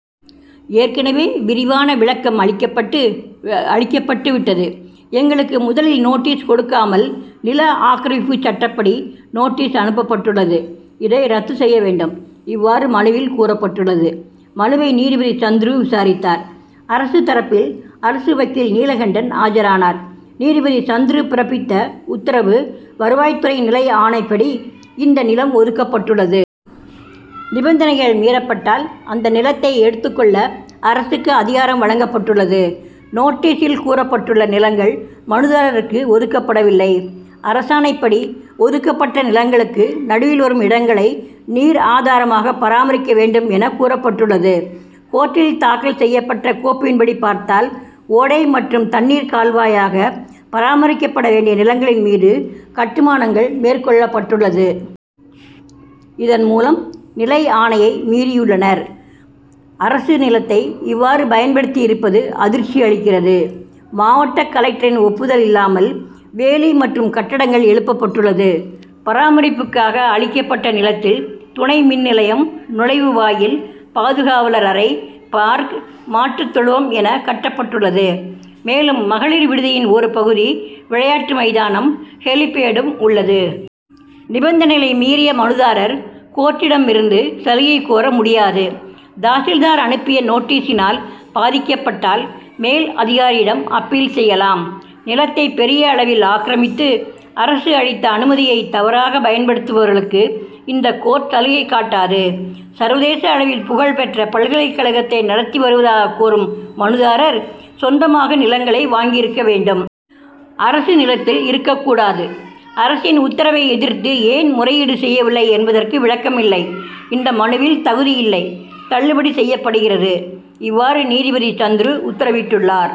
ஏற்கனவே விரிவான விளக்கம் அளிக்கப்பட்டு அளிக்கப்பட்டுவிட்டது. எங்களுக்கு முதலில் நோட்டீஸ் கொடுக்காமல், நில ஆக்கிரமிப்புச் சட்டப்படி நோட்டீஸ் அனுப்பப்பட்டுள்ளது. இதை ரத்து செய்ய வேண்டும். இவ்வாறு மனுவில் கூறப்பட்டுள்ளது. மனுவை நீதிபதி சந்துரு விசாரித்தார். அரசு தரப்பில் அரசு வக்கீல் நீலகண்டன் ஆஜரானார். நீதிபதி சந்துரு பிறப்பித்த உத்தரவு வருவாய் துறையின் நிலை ஆணைப்படி, இந்த நிலம் ஒதுக்கப்பட்டுள்ளது. நிபந்தனைகள் மீறப்பட்டால், அந்த நிலத்தை எடுத்துக் கொள்ள அரசுக்கு அதிகாரம் வழங்கப்பட்டுள்ளது. நோட்டீசில் கூறப்பட்டுள்ள நிலங்கள், மனுதாரருக்கு ஒதுக்கப்படவில்லை. அரசாணைப்படி, ஒதுக்கப்பட்ட நிலங்களுக்கு நடுவில் வரும் இடங்களை நீராதாரமாக பராமரிக்க வேண்டுமென கூறப்பட்டுள்ளது. கோர்ட்டில் தாக்கல் செய்யப்பட்ட கோப்பின்படி பார்த்தால், ஓடை மற்றும் தண்ணீர் கால்வாயாக பராமரிக்கப்பட வேண்டிய நிலங்களின் மீது, கட்டுமானங்கள் மேற்கொள்ளப்பட்டுள்ளது. இதன் மூலம் நிலை ஆணையை மீறியுள்ளனர். அரசு நிலத்தை இவ்வாறு பயன்படுத்தியிருப்பது அதிர்ச்சியளிக்கிறது. மாவட்ட கலெக்டரின் ஒப்புதல் இல்லாமல், வேலி மற்றும் கட்டடங்கள் எழுப்பப்பட்டுள்ளது. பராமரிப்புக்காக அளிக்கப்பட்ட நிலத்தில், துணை மின்நிலையம், நுழைவு வாயில், பாதுகாவலர் அறை, பார்க், மாட்டுத்தொழுவமென கட்டப்பட்டுள்ளது. மேலும், மகளிர் விடுதியின் ஒரு பகுதி விளையாட்டு மைதானம், ஹெலிபேடும் உள்ளது. நிபந்தனைகளை மீறிய மனுதாரர், கோர்ட்டிடமிருந்து சலுகை கோர முடியாது. தாசில்தார் அனுப்பிய நோட்டீசினால் பாதிக்கப்பட்டால், மேல் அதிகாரியிடம் அப்பீல் செய்யலாம். நிலத்தை பெரிய அளவில் ஆக்கிரமித்து, அரசு அளித்த அனுமதியை தவறாக பயன்படுத்துபவர்களுக்கு இந்த கோர்ட் சலுகை காட்டாது. சர்வதேச அளவில் புகழ் பெற்ற பல்கலைக்கழகத்தை நடத்தி வருவதாக கூறும் மனுதாரர், சொந்தமாக நிலங்களை வாங்கியிருக்க வேண்டும். அரசு நிலத்தில் இருக்கக் கூடாது. அரசின் உத்தரவை எதிர்த்து ஏன் முறையீடு செய்யவில்லை என்பதற்கு விளக்கம் இல்லை. இந்த மனுவில் தகுதியில்லை. தள்ளுபடி செய்யப்படுகிறது. இவ்வாறு நீதிபதி சந்துரு உத்தரவிட்டுள்ளார்.